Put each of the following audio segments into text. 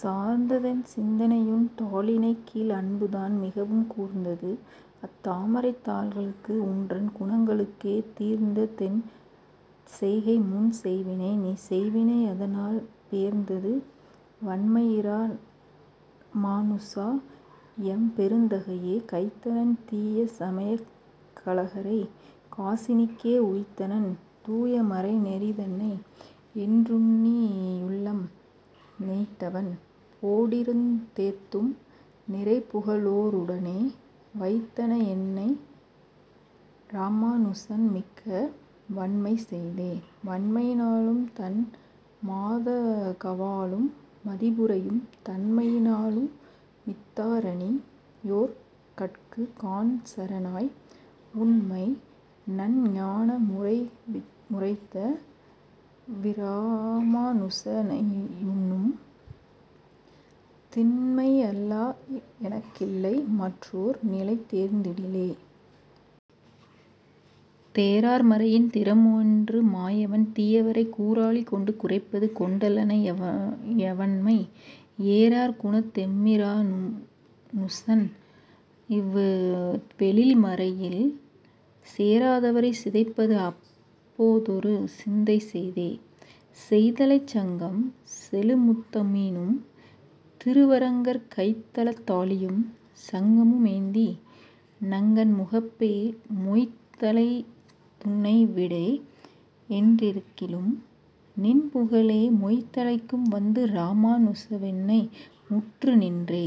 சார்ந்ததென்சிந்தையுன் தாளிணைக்கீழ் அன்புதான் மிகவும் கூர்ந்தது அத்தாமரைத்தாள்களுக்கு உன்றன் குணங்களுக்கே தீர்ந்ததென்செய்கை முன்செய்வினை நீ செய்வினையதனால் பேர்ந்தது வண்மையிராமாநுசா எம் பெருந்தகையே.. கைத்தனன் தீயசமயக்கலகரை காசினிக்கே உய்த்தனன் தூயமறைநெறிதன்னை என்றுன்னியுள்ளம் நெய்த்தவன் போடிருந்தேத்தும் நிறைபுகழோருடனே வைத்தனனென்னை இராமாநுசன்மிக்க வண்மை செய்தே. வண்மையினாலும் தன்மாதகவாலும் மதிபுரையும் தண்மையினாலுமித்தாரணியோர்கட்கு கான்சரணாய் உண்மை நன்ஞானமுரைத்தவிராமாநுசனையுன்னும் திண்மையல்லாலெனக்கில்லை மற்றோர் நிலை தேர்ந்திடிலே. தேரார்மறையின் திறமென்று மாயவன் தீயவரைக் கூராழிகொண்டு குறைப்பது கொண்டலனையவண்மை ஏரார்குணத்தெம்மிராமாநுசனவ் வெழில்மறையில் சேராதவரைச்சிதைப்பது அப்போதொரு சிந்தை செய்தே. செய்த்தலைச்சங்கம் செழுமுத்தமீனும் திருவரங்கர் கைத்தலத்தாழியும் சங்கமுமேந்தி நங்கண் முகப்பே மொய்த்தலைத்துன்னைவிடேனென்றிருக்கிலும் நின்புகழே மொய்த்தலைக்கும் வந்து இராமாநுசாவென்னை முற்றுநின்றே.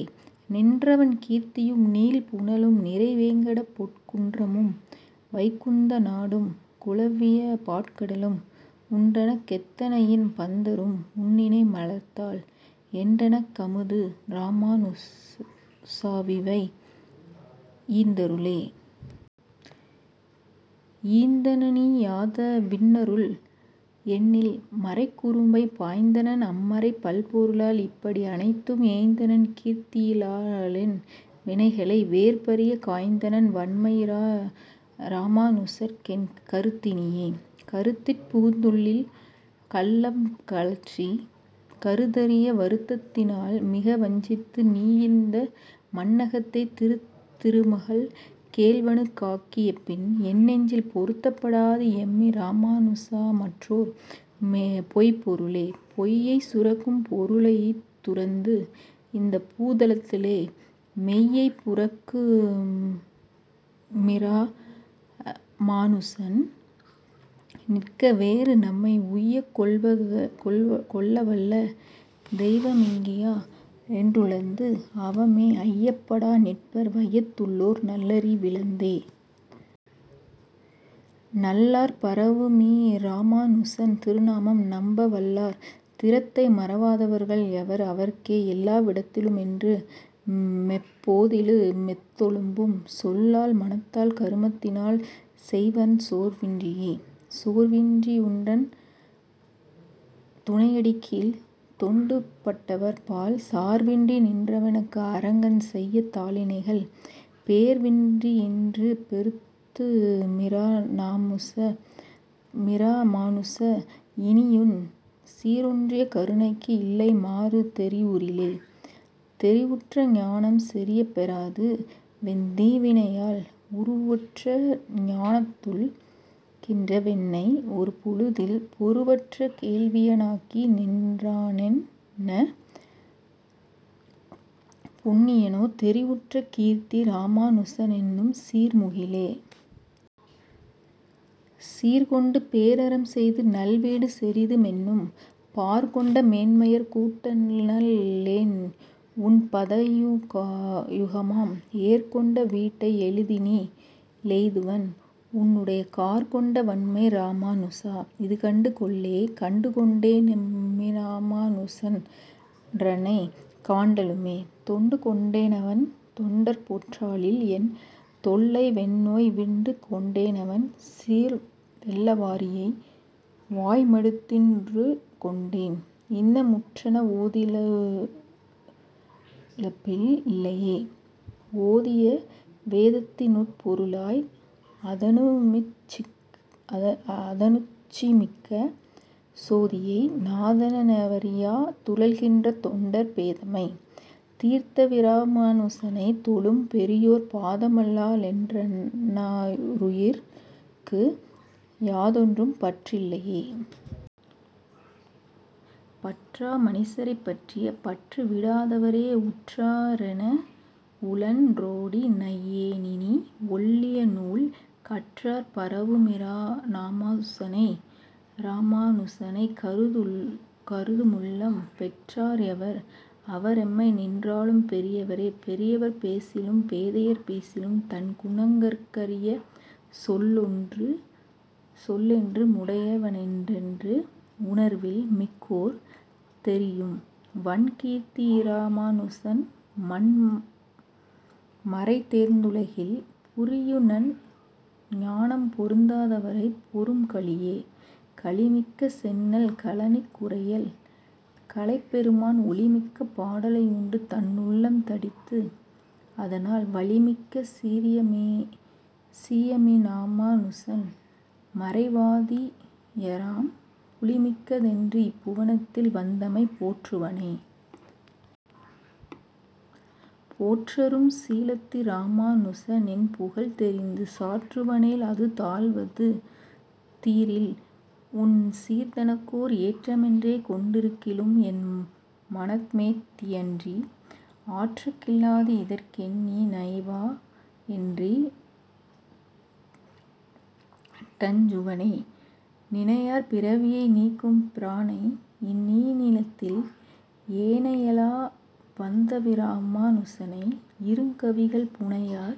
நின்றவண் கீர்த்தியும் நீள்புனலும் நிறைவேங்கடப்பொற் குன்றமும் வைகுந்தநாடும் குலவியபாற்கடலும் உன்றனக்கெத்தனையின் பந்தரும் உன்னிணைமலர்த்தாள் என்றனக்குமது இராமாநுசாவிவை யீந்தருளே.. ஈந்தனனீயாதவின்னருள் எண்ணில் மறைக்குறும்பைப் பாய்ந்தனன் அம்மறைப் பல்பொருளால் இப்படியனைத்தும் ஏய்ந்தனன் கீர்த்தியினாலென்வினைகளை வேர்பறியக் காய்ந்தனன் வண்மையிராமாநுசற்கென் கருத்தினியே.. கருத்திற் புகுந்துள்ளில் கள்ளம் கழற்றி கருதரிய வருத்தத்தினால் மிகவஞ்சித்து நீயிந்த மண்ணகத்தே திருத்தித்திருமகள் கேள்வனுக்காக்கியபின் என்னெஞ்சில் பொருத்தப்படாது எம்மிராமாநுசாமற்றோர் பொய்ப்பொருளே.. பொய்யைச் சுரக்கும் பொருளைத் துரந்து இந்தப்பூதலத்தே மெய்யைப்புரக்குமிராமாநுசன் நிற்க வேறு நம்மை உய்யக்கொள்ளவல்லதெய்வமிங்கியாதென்றுலர்ந்து அவமே ஐயப்படாநிற்பர் வையத்துள்ளோர் நல்லறிவிழந்தே.. நல்லார்பரவுமிராமாநுசன் திருநாமம் நம்ப வல்லார் திறத்தை மறவாதவர்கள் யவர் அவர்க்கே எல்லாவிடத்திலுமென்றுமெப்போதிலு மெத்தொழும்பும் சொல்லால் மனத்தால் கருமத்தினால் செய்வன் சோர்வின்றியே.. சோர்வின்றியுன்றன் துணையடிக்கீழ் தொண்டுப்பட்டவர்பால் சார்வின்றிநின்றவெனக்கு அரங்கன் செய்யதாளிணைகள் பேர்வின்றியின்றுபெறுத்துமிராமாநுசா இனியுன் சீரொன்றிய கருணைக்கு இல்லைமாறு தெரிவுறிலே.. தெரிவுற்றஞானம் செறியப்பெறாது வெந்தீவினையால் உருவற்ற ஞானத்துழல்கின்றவென்னை ஒருபொழுதில் பொருவற்ற கேள்வியனாக்கிநின்றானென்ன புண்ணியனோ தெரிவுற்ற கீர்த்தி இராமாநுசனென்னும் சீர்முகிலே.. சீர்கொண்டுபேரறம் செய்து நல்வீடுசெறிதுமென்னும் பார்கொண்டமேன்மையர் கூட்டனல்லேன் உன்பதயுகமாம் ஏர்கொண்டவீட்டையெளிதினிலெய்துவன் உன்னுடைய கார்கொண்டவண்மை இராமாநுசா! இதுகண்டு கொள்ளே.. கண்டுகொண்டேனெம்மிராமாநுசன் றன்னை காண்டலுமே தொண்டு கொண்டேனவன் தொண்டர்பொற்றாளில் என் தொல்லை வெந்நோய் விண்டுகொண்டேனவன் சீர்வெள்ளவாரியை வாய்மடுத்தின் றுண்டுகொண்டேன் இன்னமுற்றனவோதிலுலப்பில்லையே.. ஓதியவேதத்தினுட்பொருளாய் அதனுச்சிமிக்க சோதியை நாதனெனவறியா துழல்கின்ற தொண்டர் பேதைமை தீர்த்தவிராமாநுசனைத் தொழும் பெரியோர் பாதமல்லாலென்றன்னாருயிர்க்கு யாதொன்றும் பற்றில்லையே.. பற்றாமனிசரைப்பற்றி அப்பற்றுவிடாதவரே உற்றாரெனவுழன்றோடிநையேனினி ஒள்ளிய நூல் கற்றார்பரவுமிராமாநுசனைக் கருதுமுள்ளம் பெற்றார்யவர் அவரெம்மைநின்றாளும் பெரியவரே.. பெரியவர் பேசிலும் பேதையர்பேசிலும் தன்குணங்கட் குரிய சொல்லென்று முடையவனென்றென்று உணர்வில் மிக்கோர் தெரியும் வண்கீர்த்தியிராமாநுசன்மறை தேர்ந்துலகில் புரியுநன் ஞானம் பொருந்தாதவரைப் பொரும்கலியே.. கலிமிக்க செந்நெல் கழனிக்குறையல் கலைப்பெருமான் ஒலிமிக்க பாடலையுண்டு தன்னுள்ளம் தடித்து அதனால் வலிமிக்க சீயமிராமாநுசன் மறைவாதியராம் புலிமிக்கதென்று இப்புவனத்தில் வந்தமை போற்றுவனே.. போற்றரும் சீலத்திராமாநுச நின்புகழ் தெரிந்து சாற்றுவனேல் அதுதாழ்வது தீரில் உன் சீர்தனக்கோர் ஏற்றமென்றே கொண்டிருக்கிலும் என்மனமேத்தியன்றி ஆற்றகில்லாது இதற்கென்னினைவாயென்றிட்டஞ்சுவனே.. நினையார் பிறவியை நீக்கும் பிரானை இந்நீணிலத்தில் எனையாள வந்தவிராமா னுசனை இருங்கவிகள் புனையார்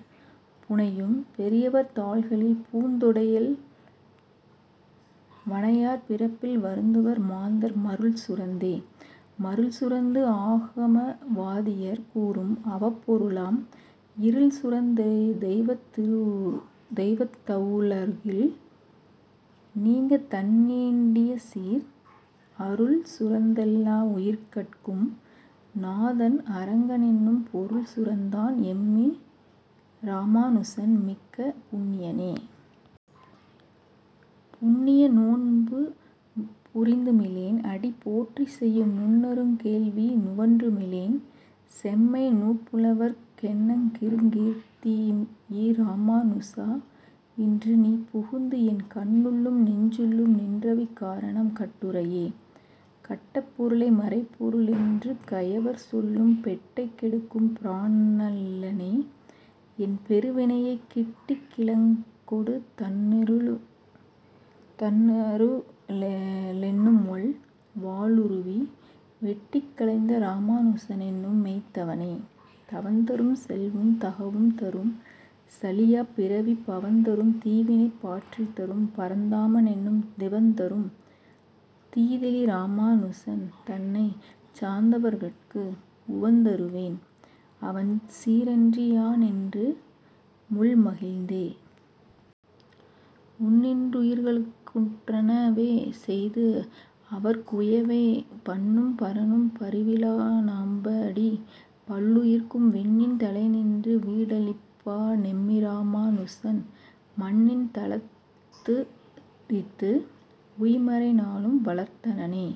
புனையும் பெரியவர்தாள்களில் பூந்தொடையல் வனையார் பிறப்பில் வருந்துவர் மாந்தர் மருள்சுரந்தே.. மருள் சுரந்து ஆகமவாதியர் கூறும் அவப்பொருளாம் இருள்சுரந்தெய்த்தவுலகிருள் நீங்க தன்னீண்டியசீர் அருள்சுரந்தெல்லாவுயிர்கட்கும் நாதன் அரங்கனென்னும் பொருள் சுரந்தான் எம்மிராமாநுசன் மிக்க புண்ணியனே.. புண்ணிய நோன்புபுரிந்துமிலேன் அடி போற்றி செய்யும் நுண்ணருங்கேள்வி நுவன்றுமிலேன் செம்மை நூற்புலவர்க் கெண்ணருங்கீர்த்தியிராமாநுசா இன்று நீ புகுந்து என் கண்ணுள்ளும் நெஞ்சுள்ளும் நின்றவிக்காரணம் கட்டுரையே.. கட்டப்பொருளை மறைப்பொருளென்று கயவர் சொல்லும் பெட்டைக்கெடுக்கும் பிரானல்லனே என்பெருவினையைக் கிட்டிக்கிழங்கொடுதன்னருளென்னுமொள் வாளுருவி வெட்டிக்களைந்த இராமாநுசனென்னும் மெய்த்தவனே.. தவந்தரும் செல்வும் தகவும் தரும் சலியாப்பிறவிப் பவந்தரும் தீவினைபாற்றித்தரும் பரந்தாமமென்னும் திவந்தரும் தீதிலிராமாநுசன் தன்னைச் சார்ந்தவர்கட்கு உவந்தருந்தேன் அவன் சீரன்றியானென்று முள் மகிழ்ந்தே.. உண்ணின்றுயிர்களுக்குற்றனவே செய்து அவர்க்குயவே பண்ணும்பரனும்பரிவிலனாம்படி பல்லுயிர்க்கும் விண்ணின் தலைநின்று வீடளிப்பானெம்மிராமா னுசன் மண்ணின் தலத்துதித்து உய்மறைநாலும் வளர்த்தனனே..